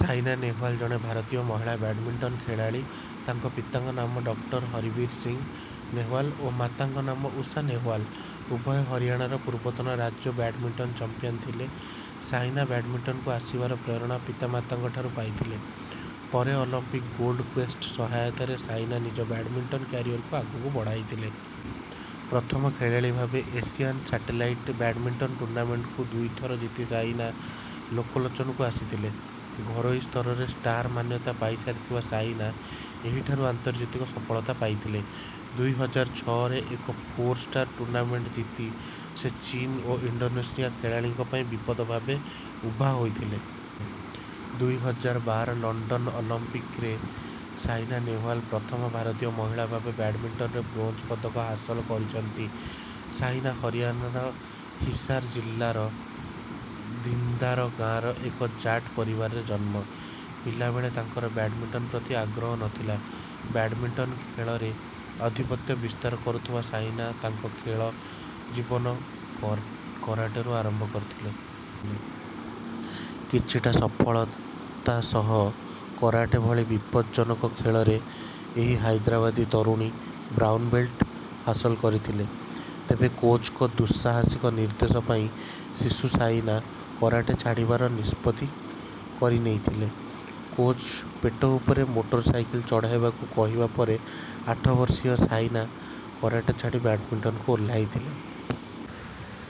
ସାଇନା ନେହୱାଲ ଜଣେ ଭାରତୀୟ ମହିଳା ବ୍ୟାଡ଼ମିଟନ ଖେଳାଳୀ। ତାଙ୍କ ପିତାଙ୍କ ନାମ ଡ. ହରବୀର ସିଂହ ନେହୱାଲ ଓ ମାତାଙ୍କ ନାମ ଊଷା ନେହୱାଲ। ଉଭୟ ହରିଆଣାର ପୂର୍ବତନ ରାଜ୍ୟ ବ୍ୟାଡ଼ମିଟନ ଚାମ୍ପିଆନ ଥିଲେ। ସାଇନା ବ୍ୟାଡ଼ମିଟନକୁ ଆସିବାର ପ୍ରେରଣା ପିତାମାତାଙ୍କଠାରୁ ପାଇଥିଲେ। ପରେ ଅଲିମ୍ପିକ ଗୋଲ୍ଡ କ୍ୱେଷ୍ଟ ସହାୟତାରେ ସାଇନା ନିଜ ବ୍ୟାଡ଼ମିଟନ କ୍ୟାରିଅର ଆଗକୁ ବଢ଼ାଇଥିଲେ। ପ୍ରଥମେ ଖେଳାଳୀ ଭାବେ ଏସିଆନ ସାଟେଲାଇଟ ବ୍ୟାଡ଼ମିଟନ ଟୁର୍ଣ୍ଣାମେଣ୍ଟକୁ ଦୁଇଥର ଜିତି ସାଇନା ଲୋକଲୋଚନକୁ ଆସିଥିଲେ। ଘରୋଇ ସ୍ତରରେ ଷ୍ଟାରର ମାନ୍ୟତା ପାଇସାରିଥିବା ସାଇନା ଏହିଠାରୁ ଆନ୍ତର୍ଜାତିକ ସଫଳତା ପାଇଥିଲେ। ଦୁଇ ହଜାର ଛଅରେ ଏକ ଫୋର ଷ୍ଟାର ଟୁର୍ଣ୍ଣାମେଣ୍ଟ ଜିତି ସେ ଚୀନ ଓ ଇଣ୍ଡୋନେସିଆ ଖେଳାଳୀଙ୍କ ପାଇଁ ବିପଦ ଭାବେ ଉଭା ହୋଇଥିଲେ। ଦୁଇ ହଜାର ବାର ଲଣ୍ଡନ ଅଲିମ୍ପିକରେ ସାଇନା ନେହୱାଲ ପ୍ରଥମ ଭାରତୀୟ ମହିଳା ଭାବେ ବ୍ୟାଡ଼ମିଟନରେ ବ୍ରୋଞ୍ଜ ପଦକ ହାସଲ କରିଛନ୍ତି। ସାଇନା ହରିଆଣାର ହିସାର ଜିଲ୍ଲାର ଧିନ୍ଦାର ଗାଁରେ ଏକ ଜାଟ ପରିବାରରେ ଜନ୍ମ। ପିଲାବେଳେ ତାଙ୍କର ବ୍ୟାଡ଼ମିଟନ ପ୍ରତି ଆଗ୍ରହ ନଥିଲା। ବ୍ୟାଡ଼ମିଟନ ଖେଳରେ ଆଧିପତ୍ୟ ବିସ୍ତାର କରୁଥିବା ସାଇନା ତାଙ୍କ ଖେଳ ଜୀବନ କରାଟେରୁ ଆରମ୍ଭ କରିଥିଲେ। କିଛିଟା ସଫଳତା ସହ କରାଟେ ଭଳି ବିପଦଜ୍ଜନକ ଖେଳରେ ଏହି ହାଇଦ୍ରାବାଦୀ ତରୁଣୀ ବ୍ରାଉନ ବେଲ୍ଟ ହାସଲ କରିଥିଲେ। ତେବେ କୋଚଙ୍କ ଦୁଃସାହସିକ ନିର୍ଦ୍ଦେଶ ପାଇଁ ଶିଶୁ ସାଇନା କରାଟେ ଛାଡ଼ିବାର ନିଷ୍ପତ୍ତି କରିନେଇଥିଲେ। କୋଚ ପେଟ ଉପରେ ମୋଟରସାଇକଲ ଚଢ଼ାଇବାକୁ କହିବା ପରେ ଆଠ ବର୍ଷୀୟା ସାଇନା କରାଟେ ଛାଡ଼ି ବ୍ୟାଡ଼ମିଟନକୁ ଓହ୍ଲାଇଥିଲେ।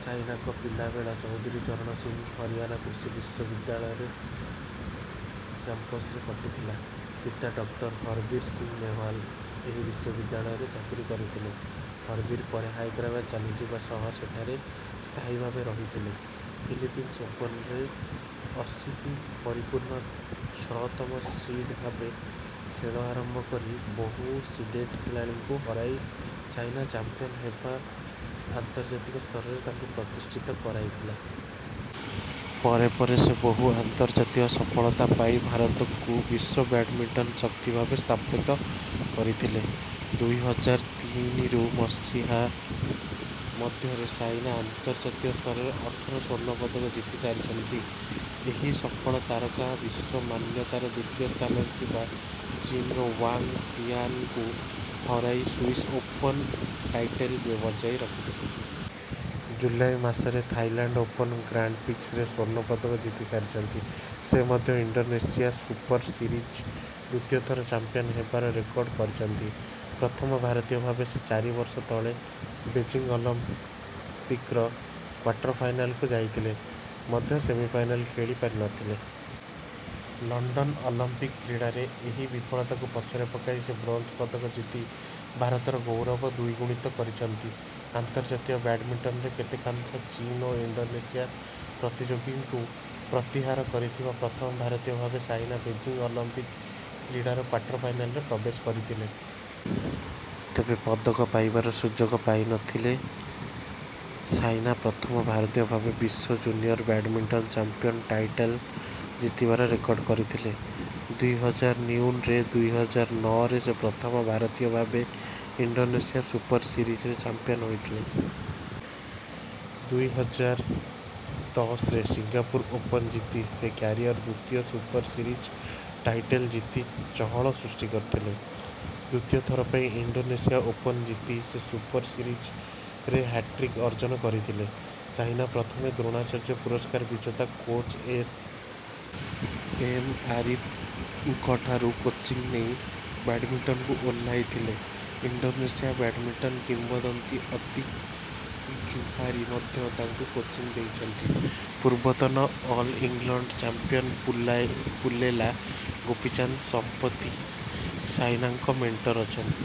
ସାଇନାଙ୍କ ପିଲାବେଳ ଚୌଧୁରୀ ଚରଣ ସିଂହ ହରିଆଣା କୃଷି ବିଶ୍ୱବିଦ୍ୟାଳୟ କ୍ୟାମ୍ପସରେ କଟିଥିଲା। ପିତା ଡ. ହରବୀର ସିଂହ ନେହୱାଲ ଏହି ବିଶ୍ୱବିଦ୍ୟାଳୟରେ ଚାକିରି କରିଥିଲେ। ହରବୀର ପରେ ହାଇଦ୍ରାବାଦ ଚାଲିଯିବା ସହ ସେଠାରେ ସ୍ଥାୟୀ ଭାବେ ରହିଥିଲେ। ଫିଲିପାଇନ୍ସ ଓପନରେ ଅଶୀତି ପରିପୂର୍ଣ୍ଣ ଛଅ ତମ ସିଡ୍ ଭାବେ ଖେଳ ଆରମ୍ଭ କରି ବହୁ ସିଡେଡ୍ ଖେଳାଳୀଙ୍କୁ ହରାଇ ସାଇନା ଚାମ୍ପିଆନ ହେବା ଆନ୍ତର୍ଜାତୀୟ ସ୍ତରରେ ତାଙ୍କୁ ପ୍ରତିଷ୍ଠିତ କରାଇଥିଲା। ପରେ ପରେ ସେ ବହୁ ଆନ୍ତର୍ଜାତୀୟ ସଫଳତା ପାଇ ଭାରତକୁ ବିଶ୍ୱ ବ୍ୟାଡ଼ମିଟନର ଶକ୍ତି ଭାବେ ସ୍ଥାପିତ କରିଥିଲେ। ଦୁଇ ହଜାର ତିନିରୁ ମସିହା ମଧ୍ୟରେ ସାଇନା ଆନ୍ତର୍ଜାତୀୟ ସ୍ତରରେ ଅଠର ସ୍ୱର୍ଣ୍ଣ ପଦକ ଜିତି ସାରିଛନ୍ତି। ଏହି ସଫଳ ତାରକା ବିଶ୍ୱ ମାନ୍ୟତାର ଦ୍ୱିତୀୟ ସ୍ଥାନରେ ଥିବା ଚୀନର ୱାଙ୍ଗ ସିଜିଆନଙ୍କୁ ହରାଇ ସୁଇସ ଓପନ ଟାଇଟଲ ବଜାୟ ରଖିଥିଲେ। ଜୁଲାଇ ମାସରେ ଥାଇଲାଣ୍ଡ ଓପନ ଗ୍ରାଣ୍ଡପ୍ରିକ୍ସରେ ସ୍ୱର୍ଣ୍ଣ ପଦକ ଜିତି ସାରିଛନ୍ତି। ସେ ମଧ୍ୟ ଇଣ୍ଡୋନେସିଆ ସୁପର ସିରିଜରେ ତୃତୀୟ ଥର ଚାମ୍ପିଆନ ହେବାର ରେକର୍ଡ କରିଛନ୍ତି। ପ୍ରଥମ ଭାରତୀୟ ଭାବେ ସେ ଚାରି ବର୍ଷ ତଳେ ବେଜିଂ ଅଲିମ୍ପିକର କ୍ୱାର୍ଟର ଫାଇନାଲକୁ ଯାଇଥିଲେ ମଧ୍ୟ ସେମିଫାଇନାଲ ଖେଳି ପାରି ନଥିଲେ। ଲଣ୍ଡନ ଅଲିମ୍ପିକ କ୍ରୀଡ଼ାରେ ଏହି ବିଫଳତାକୁ ପଛରେ ପକାଇ ସେ ବ୍ରୋଞ୍ଜ ପଦକ ଜିତି ଭାରତର ଗୌରବକୁ ଦ୍ୱିଗୁଣିତ କରିଛନ୍ତି। ଆନ୍ତର୍ଜାତୀୟ ବ୍ୟାଡ଼ମିଟନରେ କେତେକାଂଶରେ ଚୀନ ଓ ଇଣ୍ଡୋନେସିଆ ପ୍ରତିଯୋଗୀଙ୍କୁ ପ୍ରତିହତ କରିଥିବା ପ୍ରଥମ ଭାରତୀୟ ଭାବେ ସାଇନା ବେଜିଂ ଅଲିମ୍ପିକ କ୍ରୀଡ଼ାର କ୍ୱାର୍ଟର ଫାଇନାଲ ପ୍ରବେଶ କରିଥିଲେ। ତେବେ ପଦକ ପାଇବାର ସୁଯୋଗ ପାଇ ନ ଥିଲେ। ସାଇନା ପ୍ରଥମ ଭାରତୀୟ ଭାବେ ବିଶ୍ୱ ଜୁନିଅର ବ୍ୟାଡ଼ମିଟନ ଚାମ୍ପିଆନ ଟାଇଟଲ ଜିତିବାର ରେକର୍ଡ କରିଥିଲେ। ଦୁଇ ହଜାର ନ୍ୟୁନରେ ଦୁଇ ହଜାର ନଅରେ ସେ ପ୍ରଥମ ଭାରତୀୟ ଭାବେ ଇଣ୍ଡୋନେସିଆ ସୁପର ସିରିଜରେ ଚାମ୍ପିଆନ ହୋଇଥିଲେ। ଦୁଇ ହଜାର ଦଶରେ ସିଙ୍ଗାପୁର ଓପନ ଜିତି ସେ କ୍ୟାରିଅରର ଦ୍ୱିତୀୟ ସୁପର ସିରିଜ ଟାଇଟଲ ଜିତି ଚହଳ ସୃଷ୍ଟି କରିଥିଲେ। ଦ୍ୱିତୀୟ ଥର ପାଇଁ ଇଣ୍ଡୋନେସିଆ ଓପନ ଜିତି ସେ ସୁପର ସିରିଜରେ ହ୍ୟାଟ୍ରିକ ଅର୍ଜନ କରିଥିଲେ। ସାଇନା ପ୍ରଥମେ ଦ୍ରୋଣାଚାର୍ଯ୍ୟ ପୁରସ୍କାର ବିଜେତା କୋଚ ଏସ. ଏମ. ଆରିଫଙ୍କଠାରୁ କୋଚିଂ ନେଇ ବ୍ୟାଡ଼ମିଟନକୁ ଓହ୍ଲାଇଥିଲେ। ଇଣ୍ଡୋନେସିଆ ବ୍ୟାଡ଼ମିଟନ କିମ୍ବଦନ୍ତୀ ଅତିକ ଜୁହାରି ମଧ୍ୟ ତାଙ୍କୁ କୋଚିଂ ଦେଇଛନ୍ତି। ପୂର୍ବତନ all England champion Pullela Gopichand ସମ୍ପ୍ରତି ସାଇନାଙ୍କ ମେଣ୍ଟର ଅଛନ୍ତି।